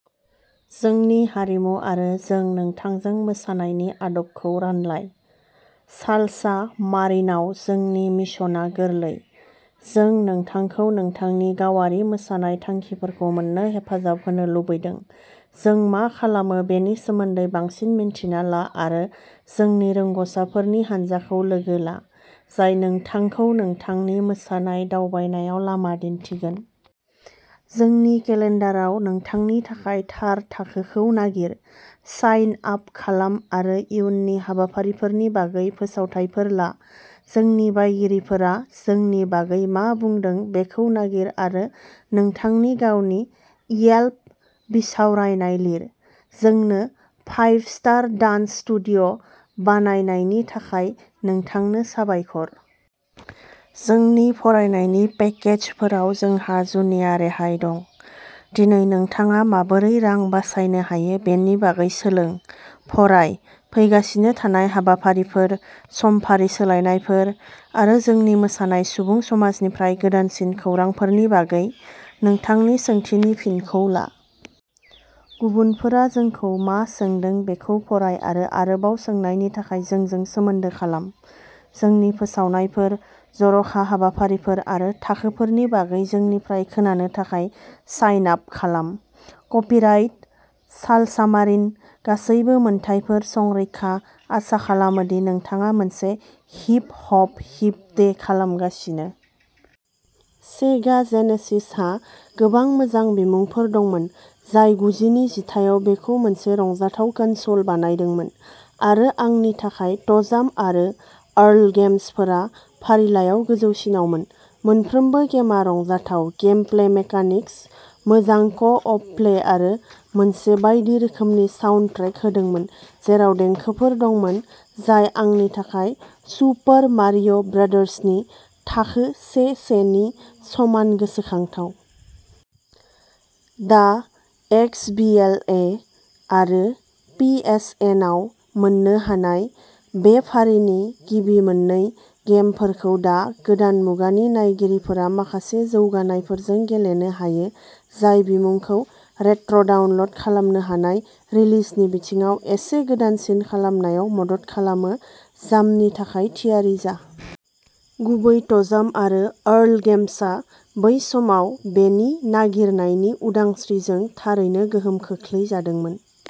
जोंनि हारिमु आरो जों नोंथांजों मोसानायनि आदबखौ रानलाय! सालसा मारिनआव, जोंनि मिशनआ गोरलै, जों नोंथांखौ नोंथांनि गावारि मोसानाय थांखिफोरखौ मोन्नो हेफाजाब होनो लुबैदों। जों मा खालामो बेनि सोमोन्दै बांसिन मिन्थिना ला आरो जोंनि रोंग'सारफोरनि हान्जाखौ लोगो ला, जाय नोंथांखौ नोंथांनि मोसानाय दावबायनायाव लामा दिन्थिगोन! जोंनि केलेन्डाराव नोंथांनि थाखाय थार थाखोखौ नागिर। साइन आप खालाम आरो इयुननि हाबाफारिफोरनि बागै फोसावथायफोर ला। जोंनि बायगिरिफोरा जोंनि बागै मा बुंदों बेखौ नागिर आरो नोंथांनि गावनि येल्प बिसावरायनाय लिर। जोंनो फाइभ स्टार डान्स स्टुडिय' बानायनायनि थाखाय नोंथांनो साबायखर! जोंनि फरायनायनि पेकेजफोराव जोंहा जुनिया रेहाय दं! दिनै नोंथाङा माबोरै रां बासायनो हायो बेनि बागै सोलों! फराय! फैगासिनो थानाय हाबाफारिफोर, समफारि सोलायनायफोर आरो जोंनि मोसानाय सुबुं समाजनिफ्राय गोदानसिन खौरांफोरनि बागै। नोंथांनि सोंथिनि फिनखौ ला! गुबुनफोरा जोंखौ मा सोंदों बेखौ फराय आरो आरोबाव सोंनायनि थाखाय जोंजों सोमोन्दो खालाम! जोंनि फोसावनायफोर, जर'खा हाबाफारिफोर आरो थाखोफोरनि बागै जोंनिफ्राय खोनानो थाखाय साइन आप खालाम। कपिराइट सालसामारिन गासैबो मोनथायफोर संरैखा। आसा खालामो दि नोंथाङा मोनसे हिप हप हिप डे खालामगासिनो! सेगा जेनेसिसहा गोबां मोजां बिमुंफोर दंमोन जाय गुजिनि जिथायाव बेखौ मोनसे रंजाथाव कनसोल बानायदोंमोन, आरो आंनि थाखाय ट'जाम आरो आर्ल गेम्सफोरा फारिलाइयाव गोजौसिनावमोन। मोनफ्रोमबो गेमआ रंजाथाव गेमप्ले मेकानिक्स, मोजां क' अप प्ले, आरो मोनसे बायदि रोखोमनि साउन्डट्रेक होदोंमोन जेराव देंखोफोर दंमोन जाय आंनि थाखाय सुपार मारिय' ब्रादार्सनि थाखो से-से नि समान गोसोखांथाव। दा एक्सबीएलए आरो पीएसएनआव मोननो हानाय, बे फारिनि गिबि मोन्नै गेमफोरखौ दा गोदान मुगानि नायगिरिफोरा माखासे जौगानायफोरजों गेलेनो हायो जाय बिमुंखौ रेट्र'डाउनल'ड खालामनो हानाय रिलिजनि बिथिङाव एसे गोदानसिन खालामनायाव मदद खालामो। जामनि थाखाय थियारि जा! गुबै ट'जाम आरो आर्ल गेमआ बै समाव बेनि नागिरनायनि उदांस्रिजों थारैनो गोहोम खोख्लैजादोंमोन।